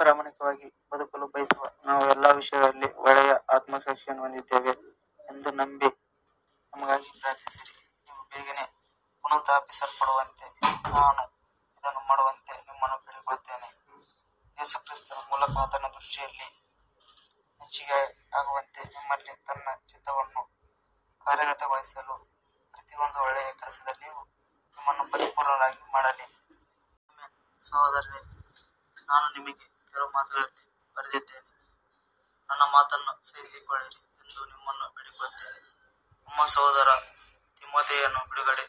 ಪ್ರಾಮಾಣಿಕವಾಗಿ ಬದುಕಲು ಬಯಸುವ ನಾವು ಎಲ್ಲ ವಿಷಯಗಳಲ್ಲಿ ಒಳ್ಳೆಯ ಆತ್ಮಸಾಕ್ಷಿಯನ್ನು ಹೊಂದಿದ್ದೇವೆ ಎಂದು ನಂಬಿ ನಮಗಾಗಿ ಪ್ರಾರ್ಥಿಸಿರಿ. ನೀವು ಬೇಗನೆ ಪುನಃಸ್ಥಾಪಿಸಲ್ಪಡುವಂತೆ ನಾನು ಇದನ್ನು ಮಾಡುವಂತೆ ನಿಮ್ಮನ್ನು ಬೇಡಿಕೊಳ್ಳುತ್ತೇನೆ. ಯೇಸು ಕ್ರಿಸ್ತನ ಮೂಲಕ ಆತನ ದೃಷ್ಟಿಯಲ್ಲಿ ಮೆಚ್ಚಿಕೆಯಾಗುವಂತೆ ನಿಮ್ಮಲ್ಲಿ ತನ್ನ ಚಿತ್ತವನ್ನು ಕಾರ್ಯಗತಗೊಳಿಸಲು ಪ್ರತಿಯೊಂದು ಒಳ್ಳೆಯ ಕೆಲಸದಲ್ಲಿಯೂ ನಿಮ್ಮನ್ನು ಪರಿಪೂರ್ಣರನ್ನಾಗಿ ಮಾಡಲಿ. ಆಮೆನ್. ಸಹೋದರರೇ, ನಾನು ನಿಮಗೆ ಕೆಲವು ಮಾತುಗಳಲ್ಲಿ ಬರೆದಿದ್ದೇನೆ, ನನ್ನ ಮಾತನ್ನು ಸಹಿಸಿಕೊಳ್ಳಿರಿ ಎಂದು ನಿಮ್ಮನ್ನು ಬೇಡಿಕೊಳ್ಳುತ್ತೇನೆ. ನಮ್ಮ ಸಹೋದರ ತಿಮೊಥೆಯನು ಬಿಡುಗಡೆ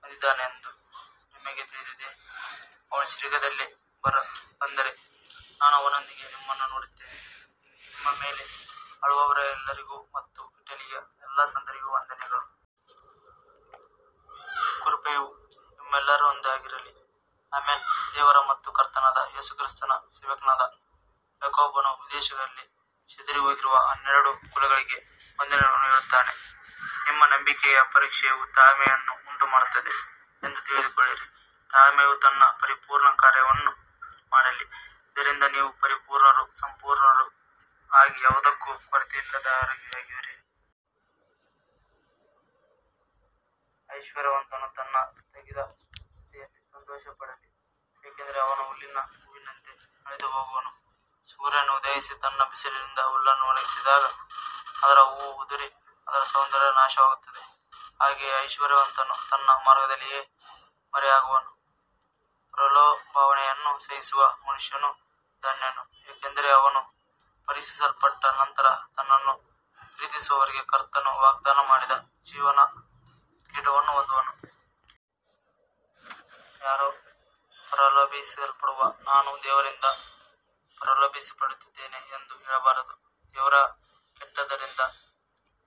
ಹೊಂದಿದ್ದಾನೆಂದು ನಿಮಗೆ ತಿಳಿದಿದೆ. ಅವನು ಶೀಘ್ರದಲ್ಲೇ ಬಂದರೆ ನಾನು ಅವನೊಂದಿಗೆ ನಿಮ್ಮನ್ನು ನೋಡುತ್ತೇನೆ. ನಿಮ್ಮ ಮೇಲೆ ಆಳುವವರೆಲ್ಲರಿಗೂ ಮತ್ತು ಇಟಲಿಯ ಎಲ್ಲಾ ಸಂತರಿಗೂ ವಂದನೆಗಳು. ಕೃಪೆಯು ನಿಮ್ಮೆಲ್ಲರೊಂದಿಗಿರಲಿ. ಆಮೆನ್. ದೇವರ ಮತ್ತು ಕರ್ತನಾದ ಯೇಸು ಕ್ರಿಸ್ತನ ಸೇವಕನಾದ ಯಾಕೋಬನು ವಿದೇಶಗಳಲ್ಲಿ ಚದರಿಹೋಗಿರುವ ಹನ್ನೆರಡು ಕುಲಗಳಿಗೆ ವಂದನೆಗಳನ್ನು ಹೇಳುತ್ತಾನೆ. ನಿಮ್ಮ ನಂಬಿಕೆಯ ಪರೀಕ್ಷೆಯು ತಾಳ್ಮೆಯನ್ನು ಉಂಟುಮಾಡುತ್ತದೆ ಎಂದು ತಿಳಿದುಕೊಳ್ಳಿರಿ. ತಾಳ್ಮೆಯು ತನ್ನ ಪರಿಪೂರ್ಣ ಕಾರ್ಯವನ್ನು ಮಾಡಲಿ, ಇದರಿಂದ ನೀವು ಪರಿಪೂರ್ಣರೂ ಸಂಪೂರ್ಣರೂ ಆಗಿ ಯಾವುದಕ್ಕೂ ಕೊರತೆಯಿಲ್ಲದವರಾಗಿರುವಿರಿ. ಐಶ್ವರ್ಯವಂತನು ತನ್ನ ತಗ್ಗಿದ ಸ್ಥಿತಿಯಲ್ಲಿ ಸಂತೋಷಪಡಲಿ, ಏಕೆಂದರೆ ಅವನು ಹುಲ್ಲಿನ ಹೂವಿನಂತೆ ಅಳಿದುಹೋಗುವನು. ಸೂರ್ಯನು ಉದಯಿಸಿ ತನ್ನ ಬಿಸಿಲಿನಿಂದ ಹುಲ್ಲನ್ನು ಒಣಗಿಸಿದಾಗ ಅದರ ಹೂವು ಉದುರಿ ಅದರ ಸೌಂದರ್ಯ ನಾಶವಾಗುತ್ತದೆ. ಹಾಗೆಯೇ ಐಶ್ವರ್ಯವಂತನು ತನ್ನ ಮಾರ್ಗದಲ್ಲಿಯೇ ಮರೆಯಾಗುವನು. ಪ್ರಲೋಭನೆಯನ್ನು ಸಹಿಸುವ ಮನುಷ್ಯನು ಧನ್ಯನು, ಏಕೆಂದರೆ ಅವನು ಪರೀಕ್ಷಿಸಲ್ಪಟ್ಟ ನಂತರ ತನ್ನನ್ನು ಪ್ರೀತಿಸುವವರಿಗೆ ಕರ್ತನು ವಾಗ್ದಾನ ಮಾಡಿದ ಜೀವದ ಕಿರೀಟವನ್ನು ಹೊಂದುವನು. ಯಾರೂ ಪ್ರಲೋಭಿಸಲ್ಪಡುವಾಗ ನಾನು ದೇವರಿಂದ ಪ್ರಲೋಭಿಸಲ್ಪಡುತ್ತಿದ್ದೇನೆ ಎಂದು ಹೇಳಬಾರದು. ದೇವರು ಕೆಟ್ಟದ್ದರಿಂದ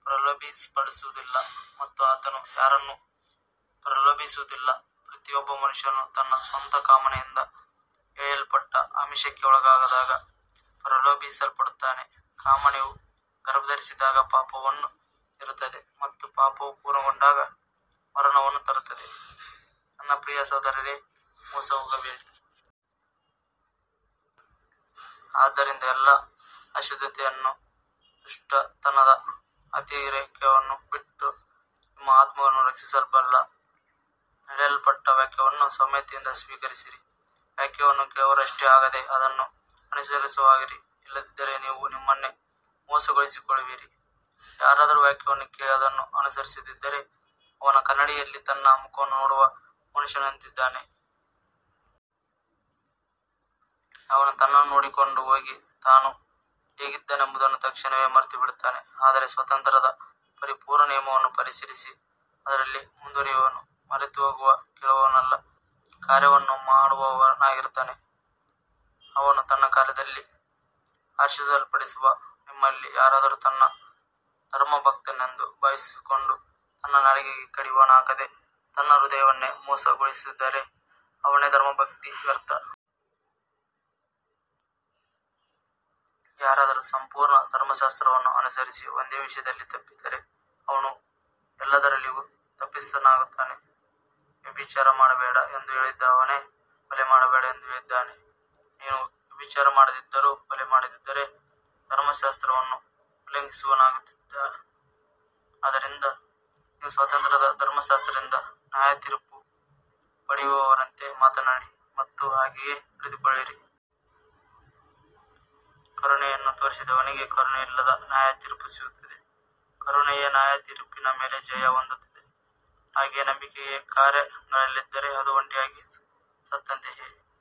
ಪ್ರಲೋಭಿಸಲ್ಪಡುವುದಿಲ್ಲ ಮತ್ತು ಆತನು ಯಾರನ್ನೂ ಪ್ರಲೋಭಿಸುವುದಿಲ್ಲ. ಪ್ರತಿಯೊಬ್ಬ ಮನುಷ್ಯನು ತನ್ನ ಸ್ವಂತ ಕಾಮನೆಯಿಂದ ಎಳೆಯಲ್ಪಟ್ಟು ಆಮಿಷಕ್ಕೆ ಒಳಗಾದಾಗ ಪ್ರಲೋಭಿಸಲ್ಪಡುತ್ತಾನೆ. ಕಾಮನೆಯು ಗರ್ಭಧರಿಸಿದಾಗ ಪಾಪವನ್ನು ಹೆರುತ್ತದೆ ಮತ್ತು ಪಾಪವು ಪೂರ್ಣಗೊಂಡಾಗ ಮರಣವನ್ನು ತರುತ್ತದೆ. ನನ್ನ ಪ್ರಿಯ ಸಹೋದರರೇ, ಮೋಸಹೋಗಬೇಡಿ. ಆದ್ದರಿಂದ ಎಲ್ಲಾ ಅಶುದ್ಧತೆಯನ್ನೂ ದುಷ್ಟತನದ ಅತಿರೇಕವನ್ನೂ ಬಿಟ್ಟು ನಿಮ್ಮ ಆತ್ಮಗಳನ್ನು ರಕ್ಷಿಸಬಲ್ಲ ನೆಡಲ್ಪಟ್ಟ ವಾಕ್ಯವನ್ನು ಸೌಮ್ಯತೆಯಿಂದ ಸ್ವೀಕರಿಸಿರಿ. ವಾಕ್ಯವನ್ನು ಕೇಳುವವರಷ್ಟೇ ಆಗದೆ ಅದನ್ನು ಅನುಸರಿಸುವವರಾಗಿರಿ, ಇಲ್ಲದಿದ್ದರೆ ನೀವು ನಿಮ್ಮನ್ನೇ ಮೋಸಗೊಳಿಸಿಕೊಳ್ಳುವಿರಿ. ಯಾರಾದರೂ ವಾಕ್ಯವನ್ನು ಕೇಳಿ ಅದನ್ನು ಅನುಸರಿಸದಿದ್ದರೆ ಅವನು ಕನ್ನಡಿಯಲ್ಲಿ ತನ್ನ ಮುಖವನ್ನು ನೋಡುವ ಮನುಷ್ಯನಂತಿದ್ದಾನೆ. ಅವನು ತನ್ನನ್ನು ನೋಡಿಕೊಂಡು ಹೋಗಿ ತಾನು ಹೇಗಿದ್ದನೆಂಬುದನ್ನು ತಕ್ಷಣವೇ ಮರೆತುಬಿಡುತ್ತಾನೆ. ಆದರೆ ಸ್ವಾತಂತ್ರ್ಯದ ಪರಿಪೂರ್ಣ ನಿಯಮವನ್ನು ಪರಿಶೀಲಿಸಿ ಅದರಲ್ಲಿ ಮುಂದುವರಿಯುವವನು ಮರೆತುಹೋಗುವ ಕೇಳುವವನಲ್ಲ, ಕಾರ್ಯವನ್ನು ಮಾಡುವವನಾಗಿರುತ್ತಾನೆ. ಅವನು ತನ್ನ ಕಾರ್ಯದಲ್ಲಿ ಆಶೀರ್ವದಿಸಲ್ಪಡುವನು. ನಿಮ್ಮಲ್ಲಿ ಯಾರಾದರೂ ತಾನು ಧರ್ಮಭಕ್ತನೆಂದು ಭಾವಿಸಿಕೊಂಡು ತನ್ನ ನಾಲಿಗೆಗೆ ಕಡಿವಾಣ ಹಾಕದೆ ತನ್ನ ಹೃದಯವನ್ನೇ ಮೋಸಗೊಳಿಸಿದರೆ ಅವನ ಧರ್ಮಭಕ್ತಿ ವ್ಯರ್ಥ. ಯಾರಾದರೂ ಸಂಪೂರ್ಣ ಧರ್ಮಶಾಸ್ತ್ರವನ್ನು ಅನುಸರಿಸಿ ಒಂದೇ ವಿಷಯದಲ್ಲಿ ತಪ್ಪಿದರೆ ಅವನು ಎಲ್ಲದರಲ್ಲಿಯೂ ತಪ್ಪಿತಸ್ಥನಾಗುತ್ತಾನೆ. ವ್ಯಭಿಚಾರ ಮಾಡಬೇಡ ಎಂದು ಹೇಳಿದವನೇ ಕೊಲೆ ಮಾಡಬೇಡ ಎಂದೂ ಹೇಳಿದ್ದಾನೆ. ನೀನು ವ್ಯಭಿಚಾರ ಮಾಡದಿದ್ದರೂ ಕೊಲೆ ಮಾಡಿದರೆ ಧರ್ಮಶಾಸ್ತ್ರವನ್ನು ಉಲ್ಲಂಘಿಸುವವನಾಗುತ್ತೀ. ಆದ್ದರಿಂದ ನೀವು ಸ್ವಾತಂತ್ರ್ಯದ ಧರ್ಮಶಾಸ್ತ್ರದಿಂದ ನ್ಯಾಯತೀರ್ಪು ಪಡೆಯುವವರಂತೆ ಮಾತನಾಡಿ ಮತ್ತು ಹಾಗೆಯೇ ನಡೆದುಕೊಳ್ಳಿರಿ. ಕರುಣೆಯನ್ನು ತೋರಿಸದವನಿಗೆ ಕರುಣೆಯಿಲ್ಲದ ನ್ಯಾಯತೀರ್ಪು ಸಿಗುತ್ತದೆ. ಕರುಣೆಯು ನ್ಯಾಯತೀರ್ಪಿನ ಮೇಲೆ ಜಯ ಹೊಂದುತ್ತದೆ. ಹಾಗೆಯೇ ನಂಬಿಕೆಗೆ ಕಾರ್ಯಗಳಿಲ್ಲದಿದ್ದರೆ ಅದು ಒಂಟಿಯಾಗಿ ಸತ್ತಂತೆಯೇ.